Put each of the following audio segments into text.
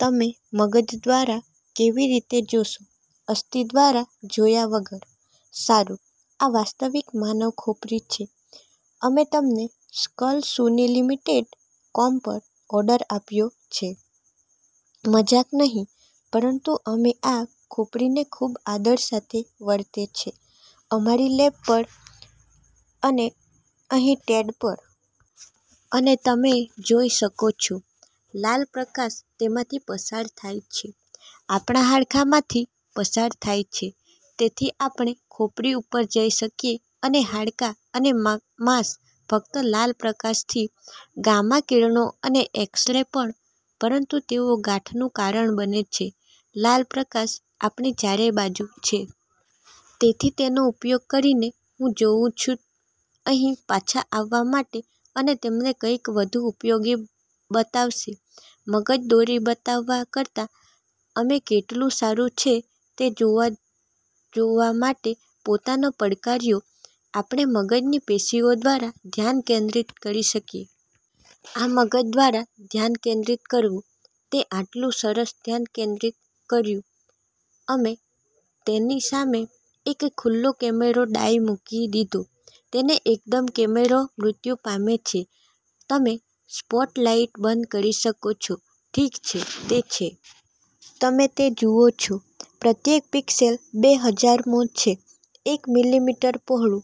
તમે મગજ દ્વારા કેવી રીતે જોશો અસ્થિ દ્વારા જોયા વગર? " સારું, આ વાસ્તવિક માનવ ખોપરી છે. અમે તેને સ્કલસુનલીમીટેડ. કોમ પર ઓર્ડર આપ્યો છે. મજાક નહિ. પરંતુ અમે આ ખોપરીને ખૂબ આદર સાથે વર્તે છે અમારી લેબ પર અને અહીં ટેડ પર. અને તમે જોઈ શકો છો, લાલ પ્રકાશ તેમાંથી પસાર થાય છે. આપણા હાડકાંમાંથી પસાર થાય છે. તેથી આપણે ખોપરી ઉપર જઈ શકીએ અને હાડકાં અને માંસ ફક્ત લાલ પ્રકાશથી. ગામા કિરણો અને એક્સ-રે પણ, પરંતુ તેઓ ગાંઠનું કારણ બને છે લાલ પ્રકાશ આપણી ચારે બાજુ છે. તેથી, તેનો ઉપયોગ કરીને, હું જાઉં છું અહીં પાછા આવવા માટે અને તમને કંઈક વધુ ઉપયોગી બતાવશે મગજ દોરી બનાવવા કરતાં અમે કેટલું સારું છે તે જોવા જોવા માટે પોતાને પડકાર્યો આપણે મગજની પેશીઓ દ્વારા ધ્યાન કેન્દ્રિત કરી શકીએ. આ મગજ દ્વારા ધ્યાન કેન્દ્રિત કરવું, તે આટલું સરસ ધ્યાન કેન્દ્રિત કર્યું, અમે તેનીસામે એક ખુલ્લો કેમેરો ડાઇ મૂકી દીધો. અને એકદમ કેમેરો મૃત્યુ પામે છે. તમે સ્પોટલાઇટ બંધ કરી શકો છો? ઠીક છે, તે છે. તમે તે જુઓ છો? પ્રત્યેક પિક્સેલ બે-હજારમો છે એક મીલીમીટર પહોળું.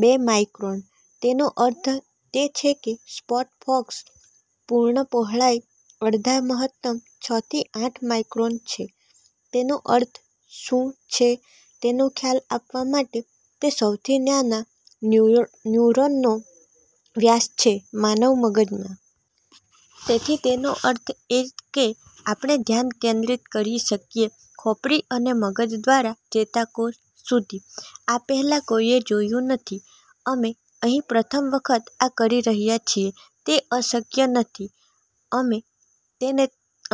બે માઇક્રોન. તેનો અર્થ તે છે કે સ્પોટ ફોકસ પૂર્ણ પહોળાઈ અડધા મહત્તમ છ થી આઠ માઇક્રોન છે. તેનો અર્થ શું છે તેનો ખ્યાલ આપવા માટે: તે સૌથી નાના ન્યુરોનનો વ્યાસ છે માનવ મગજમાં. તેથી તેનો અર્થ એ કે આપણે ધ્યાન કેન્દ્રિત કરી શકીએ ખોપરી અને મગજદ્વારા ચેતાકોષ સુધી. આ પહેલાં કોઈએ જોયું નથી, અમે અહીં પ્રથમ વખત આ કરી રહ્યા છીએ. તે અશક્ય નથી. અમે તેને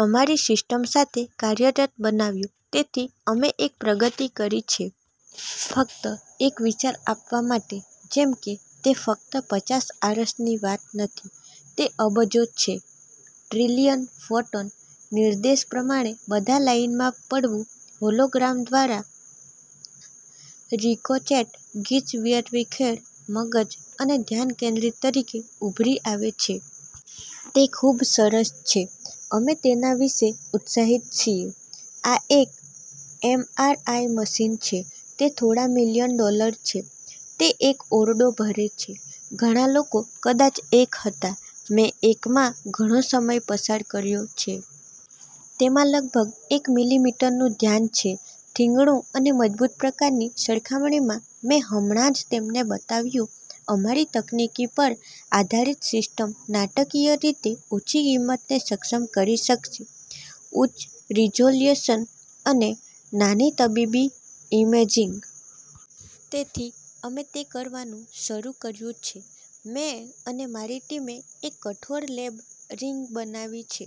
અમારી સિસ્ટમ સાથે કાર્યરત બનાવ્યું, તેથી અમે એક પ્રગતિ કરી છે. ફક્ત એક વિચાર આપવા માટે જેમ કે, તે ફક્ત પચાસ આરસની વાત નથી. તે અબજો છે, ટ્રિલિયન ફોટોન, નિર્દેશ પ્રમાણે બધા લાઇનમાં પડવું હોલોગ્રામ દ્વારા, દ્વારા રિકોચેટ ગીચ વેરવિખેર મગજ, અને ધ્યાન કેન્દ્રિત તરીકે ઉભરી આવે છે. તે ખૂબ સરસ છે. અમે તેના વિશે ઉત્સાહિત છીએ. આ એક એમઆરઆઈ મશીન છે. તે થોડા મિલિયન ડોલર છે, તે એક ઓરડો ભરે છે, ઘણા લોકો કદાચ એક હતા. મેં એકમાં ઘણો સમય પસાર કર્યો છે. તેમાં લગભગ એક મીલીમીટરનું ધ્યાન છે ઠીંગણું અને મજબૂત પ્રકારની, સરખામણીમાં મેં હમણાં જ તમને બતાવ્યું અમારી તકનીકી પર આધારિત સિસ્ટમ નાટકીય રીતે ઓછી કિંમતને સક્ષમ કરી શકશે, ઉચ્ચ રીઝોલ્યુશન અને નાના તબીબી ઇમેજિંગ. તેથી અમે તે કરવાનું શરૂ કર્યું છે મેં અને મારી ટીમે એક કઠોર, લેબ રિગ બનાવી છે